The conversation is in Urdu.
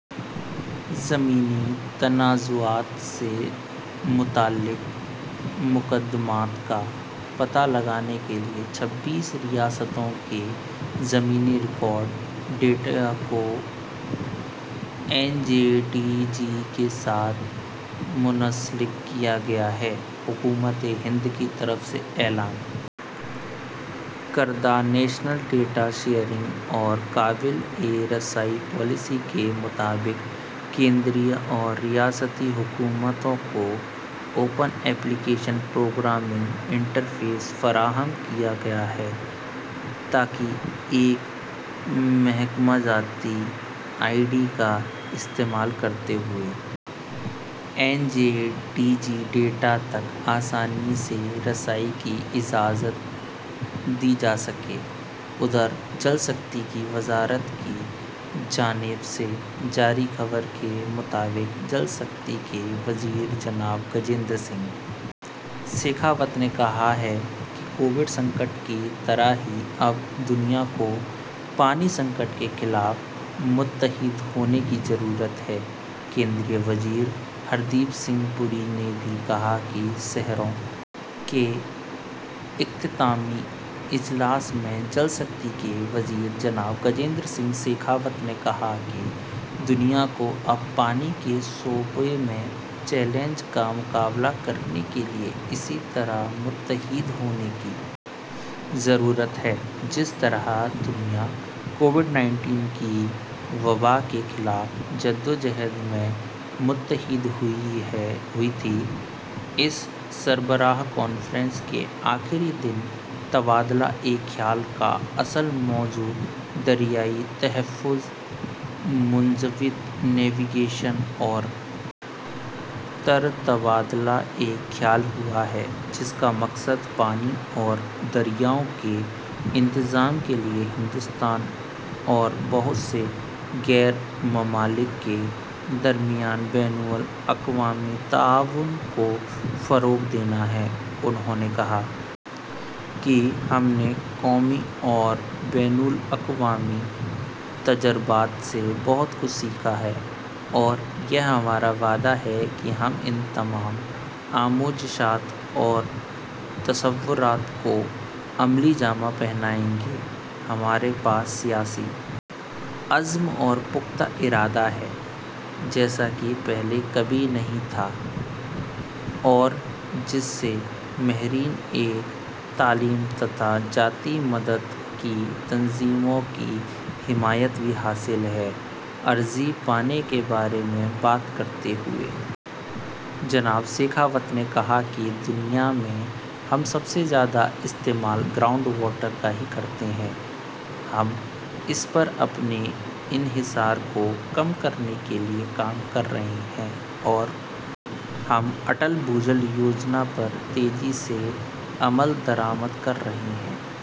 زمینی تنازعات سے متعلق مقدمات کا پتہ لگانے کے لیے چھبیس ریاستوں کے زمینی ریکارڈ ڈیٹا کو این جے ڈی جی کے ساتھ منسلک کیا گیا ہے حکومت ہند کی طرف سے اعلان کردہ نیشنل ڈیٹا شیئرنگ اور قابل رسائی پالیسی کے مطابق مرکزی اور ریاستی حکومتوں کو اوپن ایپلیکیشن پروگرامنگ انٹرفیس فراہم کیا گیا ہے تاکہ ایک محکمہ جاتی آئی ڈی کا استعمال کرتے ہوئے N J D G data تک آسانی سے رسائی کی اجازت دی جا سکے ادھر جل شکتی کی وزارت کی جانب سے جاری خبر کے مطابق جل شکتی کے وزیر جناب گجیندر سنگھ شیخاوت نے کہا ہے کہ کووڈ بحران کی طرح ہی اب دنیا کو پانی کے بحران کے خلاف متحد ہونے کی ضرورت ہے مرکزی وزیر ہردیپ سنگھ پوری نے بھی کہا کہ شہروں کے اختتامی اجلاس میں جل شکتی کے وزیر جناب گجیندر سنگھ شیخاوت نے کہا کہ دنیا کو اب پانی کے شعبے میں چیلنجوں کا مقابلہ کرنے کے لیے اسی طرح متحد ہونے کی ضرورت ہے جس طرح دنیا کووڈ انیس کی وباء کے خلاف جدوجہد میں متحد ہوئی تھی اس سربراہ کانفرنس کے آخری دن تبادلہ خیال کا اصل موضوع دریائی تحفظ منضبط نیوی گیشن اور تر تبادلہ خیال ہوا ہے جس کا مقصد پانی اور دریاؤں کے انتظام کے لیے ہندوستان اور بہت سے غیر ممالک کے درمیان بین الاقوامی تعاون کو فروغ دینا ہے انہوں نے کہا کہ ہم نے قومی اور بین الاقوامی تجربات سے بہت کچھ سیکھا ہے اور یہ ہمارا وعدہ ہے کہ ہم ان تمام آموزشات اور تصورات کو عملی جامہ پہنائیں گے ہمارے پاس سیاسی عزم اور پختہ ارادہ ہے جیسا کہ پہلے کبھی نہیں تھا اور جسے ماہرین تعلیم نیز ذاتی مدد کی تنظیموں کی حمایت بھی حاصل ہے ارضی پانی کے بارے میں بات کرتے ہوئے جناب شیخاوت نے کہا کہ دنیا میں ہم سب سے زیادہ استعمال گراؤنڈ واٹر کا ہی کرتے ہیں ہم اس پر اپنے انحصار کو کم کرنے کے لیے کام کر رہے ہیں اور ہم اٹل بھوجل یوجنا پر تیزی سے عمل درآمد کر رہے ہیں